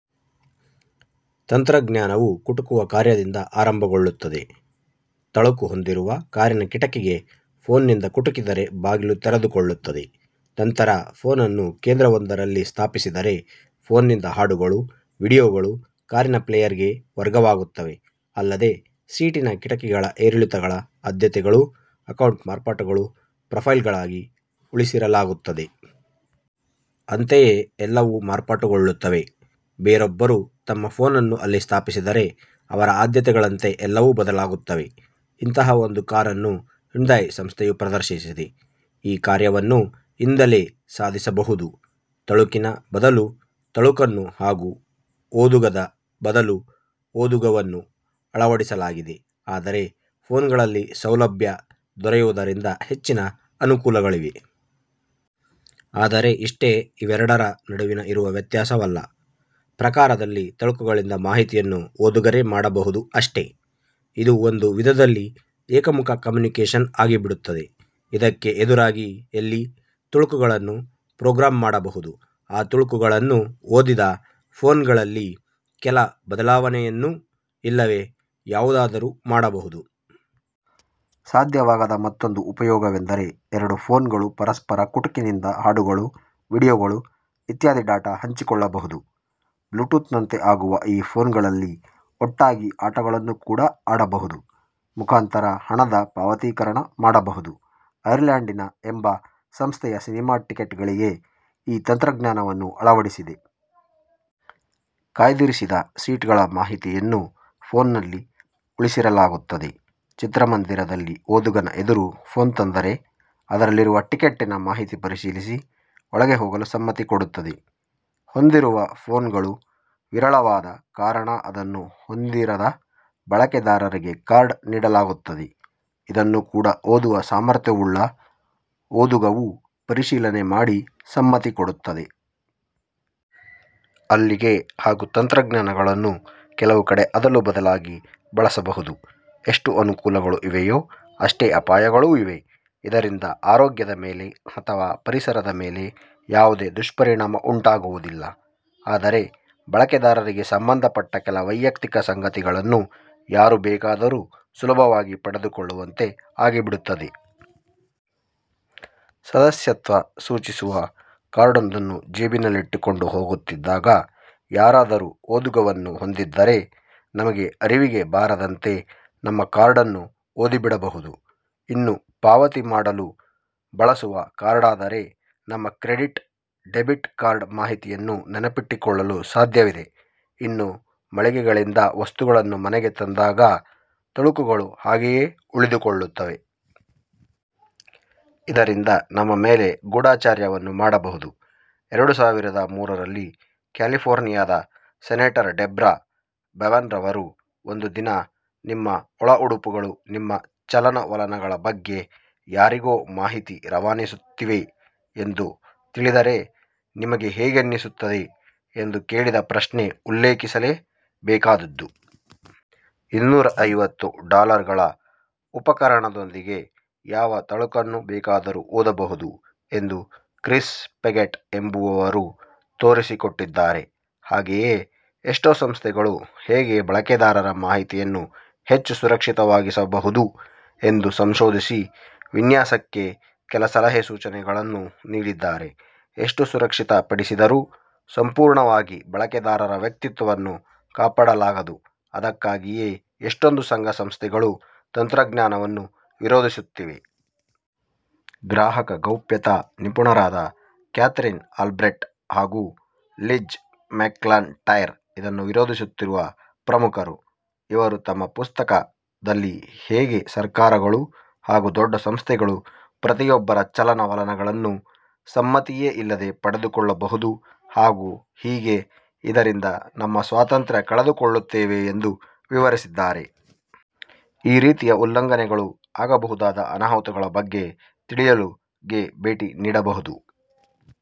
ತಂತ್ರಜ್ಞಾನವು ಕುಟುಕುವ ಕಾರ್ಯದಿಂದ ಆರಂಭಗೊಳ್ಳುತ್ತದೆ. ತಳುಕು ಹೊಂದಿರುವ ಕಾರಿನ ಕಿಟುಕಿಗೆ ಫೋನ್ ನಿಂದ ಕುಟುಕಿದರೆ ಬಾಗಿಲು ತೆರೆದುಕೊಳ್ಳುತ್ತದೆ. ನಂತರ ಫೋನನ್ನು ಕೇಂದ್ರವೊಂದರಲ್ಲಿ ಸ್ಥಾಪಿಸಿದರೆ, ಫೋನ್ ನಿಂದ ಹಾಡುಗಳು, ವೀಡಿಯೋಗಳು ಕಾರಿನ ಪ್ಲೇಯರ್ ಗೆ ವರ್ಗವಾಗುತ್ತವೆ. ಅಲ್ಲದೆ ಸೀಟಿನ, ಕಿಟುಕಿಗಳ ಏರಿಳಿತಗಳ ಆದ್ಯತೆಗಳು, ಅಕೌಂಟ್ ಮಾರ್ಪಾಟುಗಳು, ಪ್ರೊಫೈಲ್ ಗಳಾಗಿ ಉಳಿಸಿರಲಾಗುತ್ತದೆ. ಅಂತೆಯೇ ಎಲ್ಲವೂ ಮಾರ್ಪಟುಗೊಳ್ಳುತ್ತವೆ. ಬೇರೊಬ್ಬರು ತಮ್ಮ ಫೋನನ್ನು ಅಲ್ಲಿ ಸ್ಥಾಪಿಸಿದರೆ ಅವರ ಆದ್ಯತೆಗಳಂತೆ ಎಲ್ಲವೂ ಬದಲಾಗುತ್ತವೆ. ಇಂತಹ ಒಂದು ಕಾರನ್ನು ಹ್ಯುಂದಾಯ್ ಸಂಸ್ಥೆಯು ಪ್ರದರ್ಶಿಸಿದೆ. ಈ ಕಾರ್ಯವನ್ನು ಯಿಂದಲೇ ಸಾಧಿಸಬಹುದು. ತಳುಕಿನ ಬದಲು ತಳುಕನ್ನು ಹಾಗು ಓದುಗದ ಬದಲು ಓದುಗವನ್ನು ಅಳವಡಿಸಲಾಗಿದೆ. ಆದರೆ ಫೋನ್ ಗಳಲ್ಲಿ ಸೌಲಭ್ಯ ದೊರೆಯುವುದರಿಂದ ಹೆಚ್ಚಿನ ಅನುಕೂಲಗಳಿವೆ. ಆದರೆ ಇಷ್ಟೇ ಇವೆರಡರ ನಡುವೆ ಇರುವ ವ್ಯತ್ಯಾಸವಲ್ಲ. ಪ್ರಕಾರದಲ್ಲಿ ತಳುಕುಗಳಿಂದ ಮಾಹಿತಿಯನ್ನು ಓದುಗರೆ ಮಾಡಬಹುದು ಅಷ್ಟೇ. ಇದು ಒಂದು ವಿಧದಲ್ಲಿ ಏಕಮುಖ ಕಮ್ಯುನಿಕೇಷನ್ ಆಗಿಬಿಡುತ್ತದೆ. ಇದಕ್ಕೆ ಎದುರಾಗಿ ಯಲ್ಲಿ ತಳುಕುಗಳನ್ನು ಪ್ರೊಗ್ರಾಮ್ ಮಾಡಬಹುದು. ಆ ತಳುಕುಗಳನ್ನು ಓದಿದ ಫೋನ್ ಗಳಲ್ಲಿ ಕೆಲ ಬದಲಾವನೆಯನ್ನೋ, ಇಲ್ಲವೇ ಯಾವುದಾದರೂ ಮಾಡಬಹುದು. ಸಾಧ್ಯವಾಗದ ಮತ್ತೊಂದು ಉಪಯೋಗವೆಂದರೆ. ಎರಡು ಫೋನ್ ಗಳು ಪರಸ್ಪರ ಕುಟುಕಿನಿಂದ ಹಾಡುಗಳು, ವೀಡಿಯೋಗಳು ಇತ್ಯಾದಿ ಡಾಟಾ ಹಂಚಿಕೊಳ್ಳಬಹುದು. ಬ್ಲೂಟೂತ್ ನಂತೆ ಆಗುವ ಈ ಫೋನ್ ಗಳಲ್ಲಿ ಒಟ್ಟಾಗಿ ಆಟಗಳನ್ನು ಕೂಡ ಆಡಬಹುದು. ಮುಖಾಂತರ ಹಣದ ಪಾವತೀಕರಣ ಮಾಡಬಹುದು. ಐರ್ಲ್ಯಾಂಡಿನ ಎಂಬ ಸಂಸ್ಥೆಯು ಸಿನಿಮಾ ಟಿಕೆಟ್ ಗಳಿಗೆ ಈ ತಂತ್ರಜ್ಞಾನವನ್ನು ಅಳವಡಿಸಿದೆ. ಕಾಯ್ದಿರಿಸಿದ ಸೀಟುಗಳ ಮಾಹಿತಿಯನ್ನು ಫೋನ್ ನಲ್ಲಿ ಉಳಿಸಿರಲಾಗುತ್ತದೆ. ಚಿತ್ರಮಂದಿರದಲ್ಲಿ ಓದುಗನ ಎದುರು ಫೋನ್ ತಂದರೆ, ಅದರಲ್ಲಿರುವ ಟಿಕೆಟ್ಟಿನ ಮಾಹಿತಿ ಪರಿಶೀಲಿಸಿ, ಒಳಗೆ ಹೋಗಲು ಸಮ್ಮತಿ ಕೊಡುತ್ತದೆ. ಹೊಂದಿರುವ ಫೋನ್ ಗಳು ವಿರಳವಾದ ಕಾರಣ ಅದನ್ನು ಹೊಂದಿರದ ಬಳಕೆದಾರರಿಗೆ ಕಾರ್ಡ್ ನೀಡಲಾಗುತ್ತದೆ. ಇದನ್ನು ಕೂಡ ಓದುವ ಸಾಮರ್ಥ್ಯವುಳ್ಳ ಓದುಗವು ಪರಿಶೀಲನೆ ಮಾಡಿ ಸಮ್ಮತಿ ಕೊಡುತ್ತದೆ. ಅಲ್ಲಿಗೆ ಹಾಗು ತಂತ್ರಜ್ಞಾನಗಳನ್ನು ಕೆಲವು ಕಡೆ ಅದಲು ಬದಲಾಗಿ ಬಳಸಬಹುದು. ಎಷ್ಟು ಅನುಕೂಲಗಳು ಇವೆಯೋ ಅಷ್ಟೇ ಅಪಾಯಗಳೂ ಇವೆ. ಇದರಿಂದ ಆರೋಗ್ಯದ ಮೇಲೆ ಅಥವಾ ಪರಿಸರದ ಮೇಲೆ ಯಾವುದೇ ದುಷ್ಪರಿಣಾಮ ಉಂಟಾಗುವುದಿಲ್ಲ, ಆದರೆ ಬಳಕೆದಾರರಿಗೆ ಸಂಬಂಧ ಪಟ್ಟ ಕೆಲ ವೈಯಕ್ತಿಕ ಸಂಗತಿಗಳನ್ನು ಯಾರು ಬೇಕಾದರೂ ಸುಲಭವಾಗಿ ಪಡೆದುಕೊಳ್ಳುವಂತೆ ಆಗಿಬಿಡುತ್ತದೆ. ಸದಸ್ಯತ್ವ ಸೂಚಿಸುವ ಕಾರ್ಡೊಂದನ್ನು ಜೇಬಿನಲ್ಲಿಟ್ಟುಕೊಂಡು ಹೋಗುತ್ತಿದ್ದಾಗ, ಯಾರಾದರೂ ಓದುಗವನ್ನು ಹೊಂದಿದ್ದರೆ ನಮಗೆ ಅರಿವಿಗೇ ಬಾರದಂತೆ ನಮ್ಮ ಕಾರ್ಡನ್ನು ಓದಿಬಿಡಬಹುದು. ಇನ್ನು ಪಾವತಿ ಮಾಡಲು ಬಳಸುವ ಕಾರ್ಡಾದರೆ, ನಮ್ಮ ಕ್ರೆಡಿಟ್ ಡೆಬಿಟ್ ಕಾರ್ಡ್ ಮಾಹಿತಿಯನ್ನು ನೆನಪಿಟ್ಟುಕೊಳ್ಳಲು ಸಾಧ್ಯವಿದೆ. ಇನ್ನು ಮಳಿಗೆಗಳಿಂದ ವಸ್ತುಗಳನ್ನು ಮನೆಗೆ ತಂದಾಗ, ತಳುಕುಗಳು ಹಾಗೆಯೇ ಉಳಿದುಕೊಳ್ಳುತ್ತವೆ. ಇದರಿಂದ ನಮ್ಮ ಮೇಲೆ ಗೂಢಚರ್ಯವನ್ನು ಮಾಡಬಹುದು. ಎರಡು ಸಾವಿರದ ಮೂರರಲ್ಲಿ ಕ್ಯಾಲಿಫೋರ್ನಿಯಾದ ಸೆನೇಟರ್ ಡೆಬ್ರಾ ಬವೆನ್ ರವರು "ಒಂದು ದಿನ ನಿಮ್ಮ ಒಳಉಡುಪುಗಳು ನಿಮ್ಮ ಚಲನ ವಲನಗಳ ಬಗ್ಗೆ ಯಾರಿಗೋ ಮಾಹಿತಿ ರವಾನಿಸುತ್ತಿವೆ ಎಂದು ತಿಳಿದರೆ, ನಿಮಗೆ ಹೇಗೆನಿಸುತ್ತದೆ?" ' ಎಂದು ಕೇಳಿದ ಪ್ರಶ್ನೆ ಉಲ್ಲೇಖಿಸಲೇ ಬೇಕಾದದ್ದು. ಇನ್ನೂರೈವತ್ತುಡಾಲರುಗಳ ಉಪಕರಣದೊಂದಿಗೆ ಯಾವ ತಳುಕನ್ನು ಬೇಕಾದರೂ ಓದಬಹುದು ಎಂದು ಕ್ರಿಸ್ ಪೆಗೆಟ್ ಎಂಬುವವರು ತೋರಿಸಿಕೊಟ್ಟಿದ್ದಾರೆ. ಹಾಗೆಯೇ ಎಷ್ಟೋ ಸಂಸ್ಥೆಗಳು ಹೇಗೆ ಬಳಕೆದಾರರ ಮಾಹಿತಿಯನ್ನು ಹೆಚ್ಚು ಸುರಕ್ಷಿತವಾಗಿಸಬಹುದು ಎಂದು ಸಂಶೋಧಿಸಿ ವಿನ್ಯಾಸಕ್ಕೆ ಕೆಲ ಸಲಹೆ ಸೂಚನೆಗಳನ್ನು ನೀಡಿದ್ದಾರೆ. ಎಷ್ಟು ಸುರಕ್ಷಿತಪಡಿಸಿದರೂ, ಸಂಪೂರ್ಣವಾಗಿ ಬಳಕೆದಾರರ ವ್ಯಕ್ತಿತ್ವವನ್ನು ಕಾಪಾಡಲಾಗದು. ಅದಕ್ಕಾಗಿಯೆ ಎಷ್ಟೊಂದು ಸಂಘ ಸಂಸ್ಥೆಗಳು ತಂತ್ರಜ್ಞಾನವನ್ನು ವಿರೋಧಿಸುತ್ತಿವೆ. ಗ್ರಾಹಕ ಗೌಪ್ಯತಾ ನಿಪುಣರಾದ ಕ್ಯಾಥರೀನ್ ಆಲ್ಬ್ರೆಟ್ ಹಾಗು ಲಿಜ್ ಮೆಕ್ ಲನ್ ಟೈರ್ ಇದನ್ನು ವಿರೋಧಿಸುತ್ತಿರುವ ಪ್ರಮುಖರು. ಇವರು ತಮ್ಮ ಪುಸ್ತಕ: ದಲ್ಲಿ ಹೇಗೆ ಸರ್ಕಾರಗಳು ಹಾಗು ದೊಡ್ಡ ಸಂಸ್ಥೆಗಳು ಪ್ರತಿಯೊಬ್ಬರ ಚಲನ ವಲನಗಳನ್ನು ಸಮ್ಮತಿಯೇ ಇಲ್ಲದೆ ಪಡೆದುಕೊಳ್ಳಬಹುದು ಹಾಗು ಹೇಗೆ ಇದರಿಂದ ನಮ್ಮ ಸ್ವಾತಂತ್ರ್ಯ ಕಳೆದುಕೊಳ್ಳುತ್ತೇವೆ ಎಂದು ವಿವರಿಸಿದ್ದಾರೆ. ಈ ರೀತಿಯ ಉಲ್ಲಂಘನೆಗಳು, ಆಗಬಹುದಾದ ಅನಾಹುತಗಳ ಬಗ್ಗೆ ತಿಳಿಯಲು ಗೆ ಭೇಟಿ ನೀಡಬಹುದು.